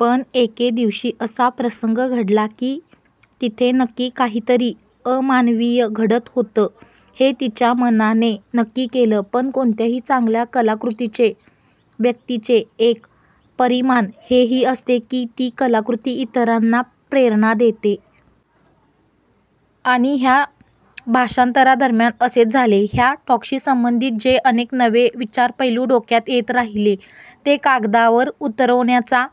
पण एके दिवशी असा प्रसंग घडला कि तिथे नक्की काहीतरी अमानवीय घडत होतं हे तिच्या मनाने नक्की केलं. पण कोणत्याही चांगल्या कलाकृतीचे िव्यक्तीचे एक परिमाण हेही असते की ती कलाकृती इतरांना प्रेरणा देते. आणि ह्या भाषांतरादरम्यान असेच झाले. ह्या टॉकशी संबंधित जे अनेक नवे विचारपैलू डोक्यात येत राहिले ते कागदावर उतरवण्याचा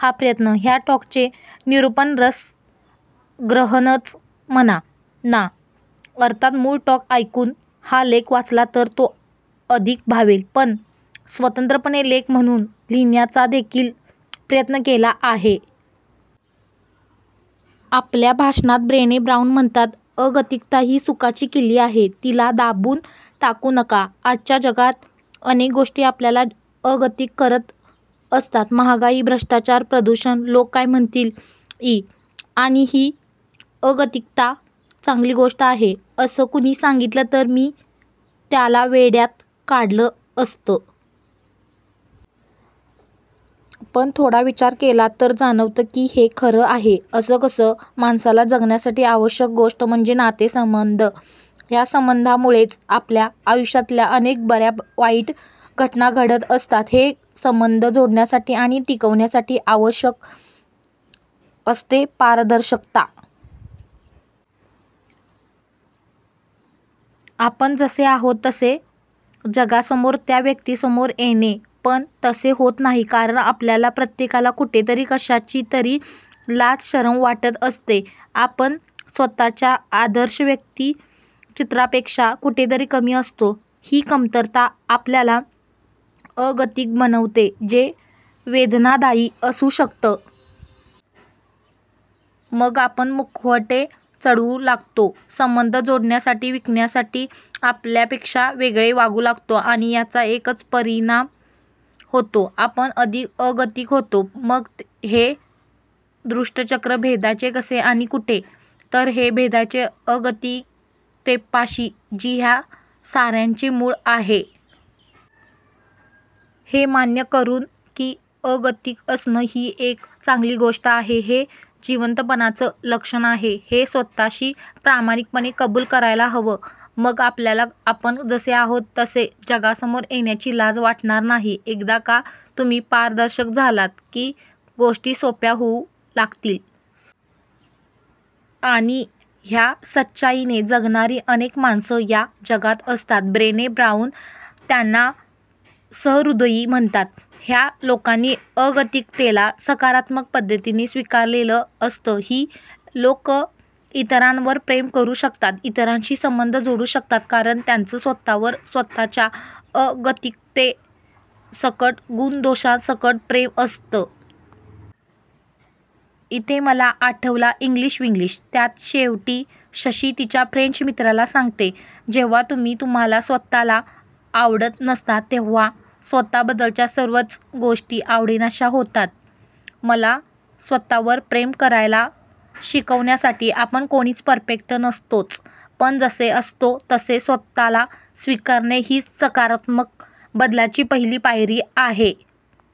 हा प्रयत्न. ह्या टॉकचे निरुपणरसग्रहणच म्हणा ना. अर्थात मूळ टॉक ऐकून हा लेख वाचला तर तो अधिक भावेल पण स्वतंत्रपणे लेख म्हणून लिहिण्याचादेखील प्रयत्न केला आहे. आपल्या भाषणात ब्रेने ब्राऊन म्हणतात, अगतिकता ही सुखाची किल्ली आहे. तिला दाबून टाकू नका. आजच्या जगात अनेक गोष्टी आपल्याला अगतिक करत असतात. महागाई, भ्रष्टाचार, प्रदूषण, लोकं काय म्हणतील? ई. आणि ही अगतिकता चांगली गोष्ट आहे असं कुणी सांगितलं तर मी त्याला वेड्यात काढलं असतं. पण थोडा विचार केला तर जाणवतं की हे खरं आहे. असं कसं? माणसाला जगण्यासाठी आवश्यक गोष्ट म्हणजे नातेसंबंध. ह्या संबंधांमुळेच आपल्या आयुष्यातल्या अनेक बऱ्यावाईट घटना घडत असतात. हे संबंध जोडण्यासाठी आणि टिकवण्यासाठी आवश्यक असते पारदर्शकता. आपण जसे आहोत तसे जगासमोर त्या व्यक्तीसमोर येणे. पण तसे होत नाही. कारण आपल्याला प्रत्येकाला कुठेतरी, कशाचीतरी लाजशरम वाटत असते. आपण स्वतःच्या आदर्श व्यक्तिचित्रापेक्षा कुठेतरी कमी असतो. ही कमतरता आपल्याला अगतिक बनवते. जे वेदनादायी असू शकतं. मग आपण मुखवटे चढवू लागतो. संबंध जोडण्यासाठी िकवण्यासाठी आपल्यापेक्षा वेगळे वागू लागतो. आणि याचा एकच परिणाम होतो आपण अधिक अगतिक होतो! मग हे दुष्टचक्र भेदायचे कसे? आणि कुठे? तर ते भेदायचे अगतिकतेपाशी. जी ह्या साऱ्याचे मूळ आहे. हे मान्य करून की अगतिक असणं ही एक चांगली गोष्ट आहे. हे जिवंतपणाचं लक्षण आहे. हे स्वतःशी प्रामाणिकपणे कबुल करायला हवं. मग आपल्याला आपण जसे आहोत तसे जगासमोर येण्याची लाज वाटणार नाही! एकदा का तुम्ही पारदर्शक झालात की गोष्टी सोप्या होऊ लागतील! आणि ह्या सच्चाईने जगणारी अनेक माणसं या जगात असतात. ब्रेने ब्राऊन त्यांना सहृदयी म्हणतात. ह्या लोकांनी अगतिकतेला सकारात्मक पद्धतीने स्वीकारलेलं असतं. ही लोकं इतरांवर प्रेम करू शकतात, इतरांशी संबंध जोडू शकतात कारण त्यांचं स्वतःवर स्वतःच्या अगतिकतेसकट, गुणदोषांसकट प्रेम असतं. इथे मला आठवला इंग्लिशविन्ग्लीश! त्यात शेवटी शशी तिच्या फ्रेंच मित्राला सांगते, जेव्हा तुम्ही तुम्हाला स्वतःला आवडत नसता तेव्हा स्वतःबद्दलच्या सर्वच गोष्टी आवडेनाश्या होतात., मला स्वतःवर प्रेम करायला शिकवण्यासाठी,! आपण कोणीच परफेक्ट नसतोच पण जसे असतो तसे स्वतःला स्वीकारणे हीच सकारात्मक बदलाची पहिली पायरी आहे.